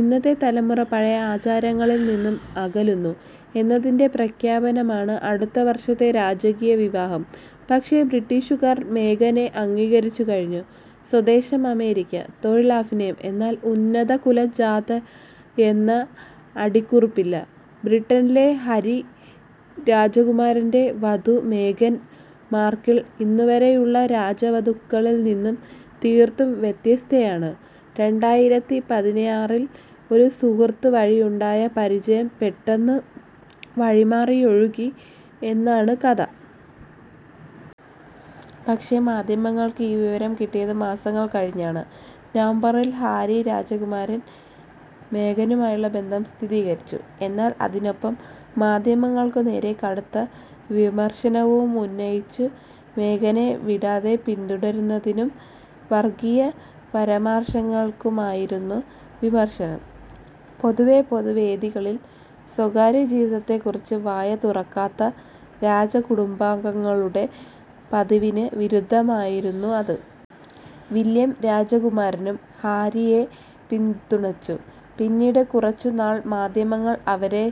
ഇന്നത്തെ തലമുറ പഴയ ആചാരങ്ങളിൽനിന്ന് അകലുന്നു എന്നതിന്റെ പ്രഖ്യാപനമാണ് അടുത്ത വർഷത്തെ രാജകീയ വിവാഹം. പക്ഷേ ബ്രിട്ടീഷുകാർ മേഗനെ അംഗീകരിച്ചുകഴിഞ്ഞു. സ്വദേശം അമേരിക്ക. തൊഴിൽ അഭിനയം. എന്നാൽ ഉന്നതകുലജാതയെന്ന അടിക്കുറിപ്പില്ല. ബ്രിട്ടനിലെ ഹരി രാജകുമാരന്റെ വധു മേഗൻ മാർക്കിൾ ഇന്നുവരെയുള്ള രാജവധുക്കളിൽനിന്ന് തീർത്തും വ്യത്യസ്തയാണ്. രണ്ടായിരത്തി പതിനാറിൽ ഒരു സുഹൃത്ത് വഴിയുണ്ടായ പരിചയം പെട്ടെന്ന് വഴിമാറിയൊഴുകി എന്നാണ് കഥ. പക്ഷേ മാധ്യമങ്ങൾക്ക് ഈ വിവരം കിട്ടിയത് മാസങ്ങൾ കഴിഞ്ഞാണ്. നവംബറിൽ ഹാരി രാജകുമാരൻ മേഗനുമായുള്ള ബന്ധം സ്ഥിരീകരിച്ചു. എന്നാൽ അതിനൊപ്പം മാധ്യമങ്ങൾക്കുനേരെ കടുത്ത വിമർശനവുമുന്നയിച്ചു. മേഗനെ വിടാതെ പിന്തുടരുന്നതിനും വർഗീയ പരാമർശങ്ങൾക്കുമായിരുന്നു വിമർശനം. പൊതുവേ പൊതുവേദികളിൽ സ്വകാര്യജീവിതത്തെക്കുറിച്ച് വായ തുറക്കാത്ത രാജകുടുംബാംഗങ്ങളുടെ പതിവിന് വിരുദ്ധമായിരുന്നു അത്. വില്യം രാജകുമാരനും ഹാരിയെ പിന്തുണച്ചു. പിന്നീട് കുറച്ചുനാൾ മാധ്യമങ്ങൾ അവരെ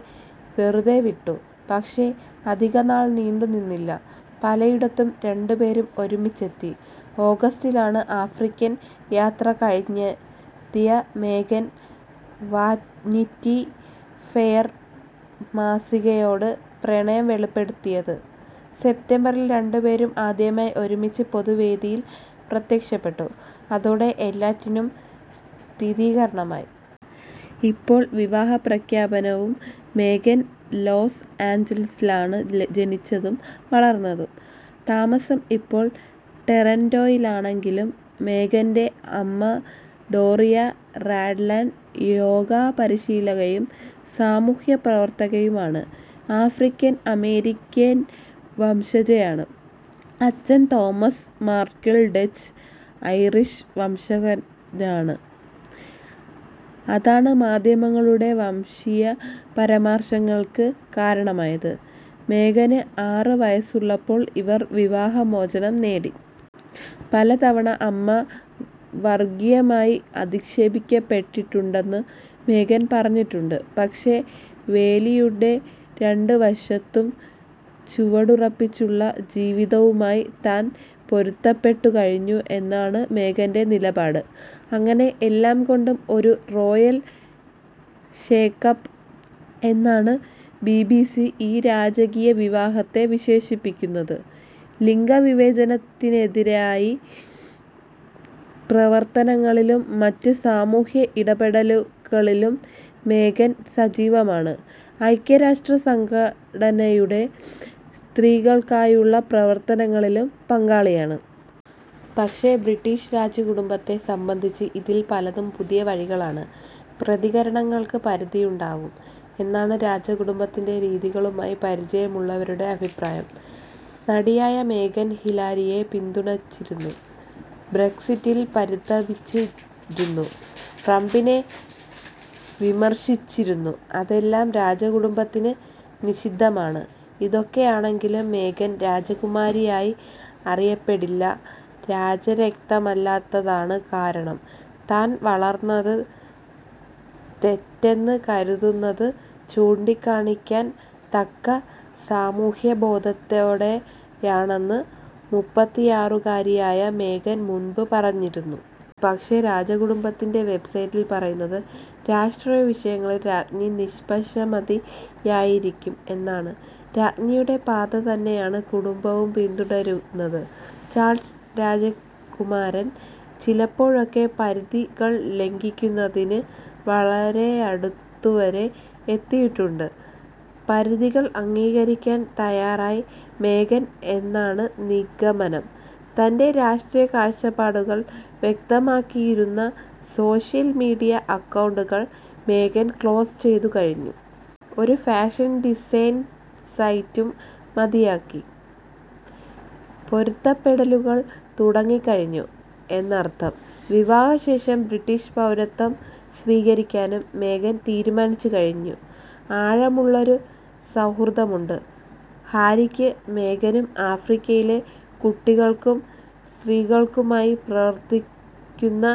വെറുതേവിട്ടു. പക്ഷേ അധികനാൾ നീണ്ടുനിന്നില്ല. പലയിടത്തും രണ്ടുപേരും ഒരുമിച്ചെത്തി. ഓഗസ്റ്റിലാണ് ആഫ്രിക്കൻ യാത്ര കഴിഞ്ഞെത്തിയ മേഗൻ വാനിറ്റി ഫെയർ മാസികയോട് പ്രണയം വെളിപ്പെടുത്തിയത്. സെപ്റ്റംബറിൽ രണ്ടുപേരും ആദ്യമായി ഒരുമിച്ച് പൊതുവേദിയിൽ പ്രത്യക്ഷപ്പെട്ടു. അതോടെ എല്ലാറ്റിനും സ്ഥിരീകരണമായി. ഇപ്പോൾ വിവാഹപ്രഖ്യാപനവും. മേഗൻ ലോസ് ആഞ്ചലസിലാണ് ജനിച്ചതും വളർന്നതും. താമസം ഇപ്പോൾ ടൊറന്റോയിലാണെങ്കിലും മേഗന്റെ അമ്മ ഡോറിയ റാഡ്ലൻ യോഗ പരിശീലകയും സാമൂഹ്യപ്രവർത്തകയുമാണ്. ആഫ്രിക്കൻ അമേരിക്കൻ വംശകയാണ്. അച്ഛൻ തോമസ് മാർക്കിൾ ഡച്ച് ഐറിഷ് വംശജനാണ്. അതാണ് മാധ്യമങ്ങളുടെ വംശീയ പരാമർശങ്ങൾക്ക് കാരണമായത്. മേഗന് ആറ് വയസുള്ളപ്പോൾ ഇവർ വിവാഹമോചനം നേടി. പലതവണ അമ്മ വർഗീയമായി അധിക്ഷേപിക്കപ്പെട്ടിട്ടുണ്ടെന്ന് മേഗൻ പറഞ്ഞിട്ടുണ്ട്. പക്ഷേ വേലിയുടെ രണ്ടുവശത്തും ചുവടുറപ്പിച്ചുള്ള ജീവിതവുമായി താൻ പൊരുത്തപ്പെട്ടുകഴിഞ്ഞു എന്നാണ് മേഗന്റെ നിലപാട്. അങ്ങനെ എല്ലാംകൊണ്ടും ഒരു റോയൽ ഷേക്കപ്പ് എന്നാണ് ബിബിസി ഈ രാജകീയവിവാഹത്തെ വിശേഷിപ്പിക്കുന്നത്. ലിംഗവിവേചനത്തിനെതിരായി പ്രവർത്തനങ്ങളിലും മറ്റ് സാമൂഹ്യ ഇടപെടലുകളിലും മേഗൻ സജീവമാണ്. ഐക്യരാഷ്ട്ര സംഘടനയുടെ സ്ത്രീകൾക്കായുള്ള പ്രവർത്തനങ്ങളിലും പങ്കാളിയാണ്. പക്ഷേ ബ്രിട്ടീഷ് രാജകുടുംബത്തെ സംബന്ധിച്ച് ഇതിൽ പലതും പുതിയ വഴികളാണ്. പ്രതികരണങ്ങൾക്ക് പരിധിയുണ്ടാവും എന്നാണ് രാജകുടുംബത്തിന്റെ രീതികളുമായി പരിചയമുള്ളവരുടെ അഭിപ്രായം. നടിയായ മേഗൻ ഹിലരിയെ പിന്തുണച്ചിരുന്നു. ബ്രെക്സിറ്റിൽ പരിതപിച്ചിരുന്നു. ട്രംപിനെ വിമർശിച്ചിരുന്നു. അതെല്ലാം രാജകുടുംബത്തിന് നിഷിദ്ധമാണ്. ഇതൊക്കെയാണെങ്കിലും മേഗൻ രാജകുമാരിയായി അറിയപ്പെടില്ല. രാജരക്തമല്ലാത്തതാണ് കാരണം. താൻ വളർന്നത് തെറ്റെന്ന് കരുതുന്നത് ചൂണ്ടിക്കാണിക്കാൻ തക്ക സാമൂഹ്യബോധത്തോടെയാണെന്ന് മുപ്പത്തിയാറുകാരിയായ മേഗൻ മുമ്പ് പറഞ്ഞിരുന്നു. പക്ഷേ രാജകുടുംബത്തിന്റെ വെബ്സൈറ്റിൽ പറയുന്നത് രാഷ്ട്രീയവിഷയങ്ങളിൽ രാജ്ഞി നിഷ്പക്ഷമതിയായിരിക്കും എന്നാണ്. രാജ്ഞിയുടെ പാതതന്നെയാണ് കുടുംബവും പിന്തുടരുന്നത്. ചാൾസ് രാജകുമാരൻ ചിലപ്പോഴൊക്കെ പരിധികൾ ലംഘിക്കുന്നതിന് വളരെയടുത്തുവരെ എത്തിയിട്ടുണ്ട്. പരിധികൾ അംഗീകരിക്കാൻ തയ്യാറായി മേഗൻ എന്നാണ് നിഗമനം. തന്റെ രാഷ്ട്രീയകാഴ്ചപ്പാടുകൾ വ്യക്തമാക്കിയിരുന്ന സോഷ്യൽ മീഡിയ അക്കൗണ്ടുകൾ മേഗൻ ക്ലോസ് ചെയ്തു കഴിഞ്ഞു. ഒരു ഫാഷൻ ഡിസൈൻ സൈറ്റും മതിയാക്കി. പൊരുത്തപ്പെടലുകൾ തുടങ്ങിക്കഴിഞ്ഞു എന്നർത്ഥം. വിവാഹശേഷം ബ്രിട്ടീഷ് പൗരത്വം സ്വീകരിക്കാനും മേഗൻ തീരുമാനിച്ചുകഴിഞ്ഞു. ആഴമുള്ളൊരു സൗഹൃദമുണ്ട് ഹാരിക്ക്. മേഗനും ആഫ്രിക്കയിലെ കുട്ടികൾക്കും സ്ത്രീകൾക്കുമായി പ്രവർത്തിക്കുന്നു.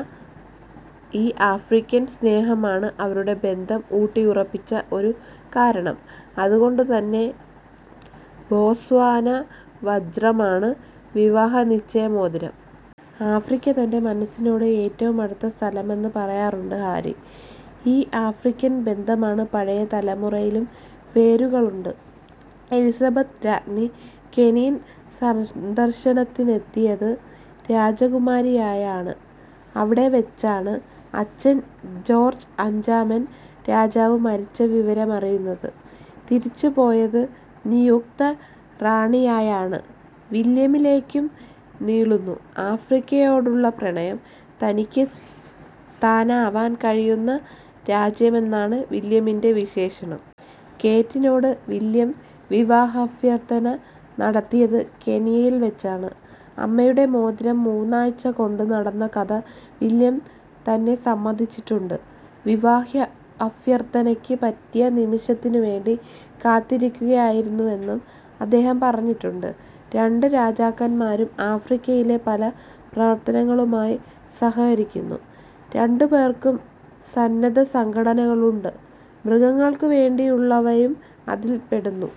ഈ ആഫ്രിക്കൻ സ്നേഹമാണ് അവരുടെ ബന്ധം ഊട്ടിയുറപ്പിച്ച ഒരു കാരണം. അതുകൊണ്ടുതന്നെ ബോസ്വാന വജ്രമാണ് വിവാഹനിശ്ചയമോതിരം. ആഫ്രിക്ക തന്റെ മനസ്സിനോട് ഏറ്റവും അടുത്ത സ്ഥലമെന്ന് പറയാറുണ്ട് ഹാരി.ഈ ആഫ്രിക്കൻ ബന്ധമാണ് പഴയ തലമുറയിലും വേരുകളുണ്ട്. എലിസബത്ത് രാജ്ഞി കെനിയൻ സന്ദർശനത്തിനെത്തിയത് രാജകുമാരിയായാണ്. അവിടെവച്ചാണ് അച്ഛൻ ജോർജ് അഞ്ചാമൻ രാജാവ് മരിച്ച വിവരമറിയുന്നത്. തിരിച്ചുപോയത് നിയുക്ത റാണിയായാണ്. വില്യമിലേക്കും നീളുന്നു ആഫ്രിക്കയോടുള്ള പ്രണയം. തനിക്ക് താനാവാൻ കഴിയുന്ന രാജ്യമെന്നാണ് വില്യമിന്റെ വിശേഷണം. കേറ്റിനോട് വില്യം വിവാഹാഭ്യർഥന നടത്തിയത് കെനിയയിൽവച്ചാണ്. അമ്മയുടെ മോതിരം മൂന്നാഴ്ച കൊണ്ടുനടന്ന കഥ വില്യം തന്നെ സമ്മതിച്ചിട്ടുണ്ട്. വിവാഹാഭ്യർഥനയ്ക്ക് പറ്റിയ നിമിഷത്തിനുവേണ്ടി കാത്തിരിക്കുകയായിരുന്നുവെന്നും അദ്ദേഹം പറഞ്ഞിട്ടുണ്ട്. രണ്ട് രാജകുമാരന്മാരും ആഫ്രിക്കയിലെ പല പ്രവർത്തനങ്ങളുമായി സഹകരിക്കുന്നു. രണ്ടുപേർക്കും സന്നദ്ധ സംഘടനകളുണ്ട്. മൃഗങ്ങൾക്കുവേണ്ടിയുള്ളവയും അതിൽപ്പെടുന്നു.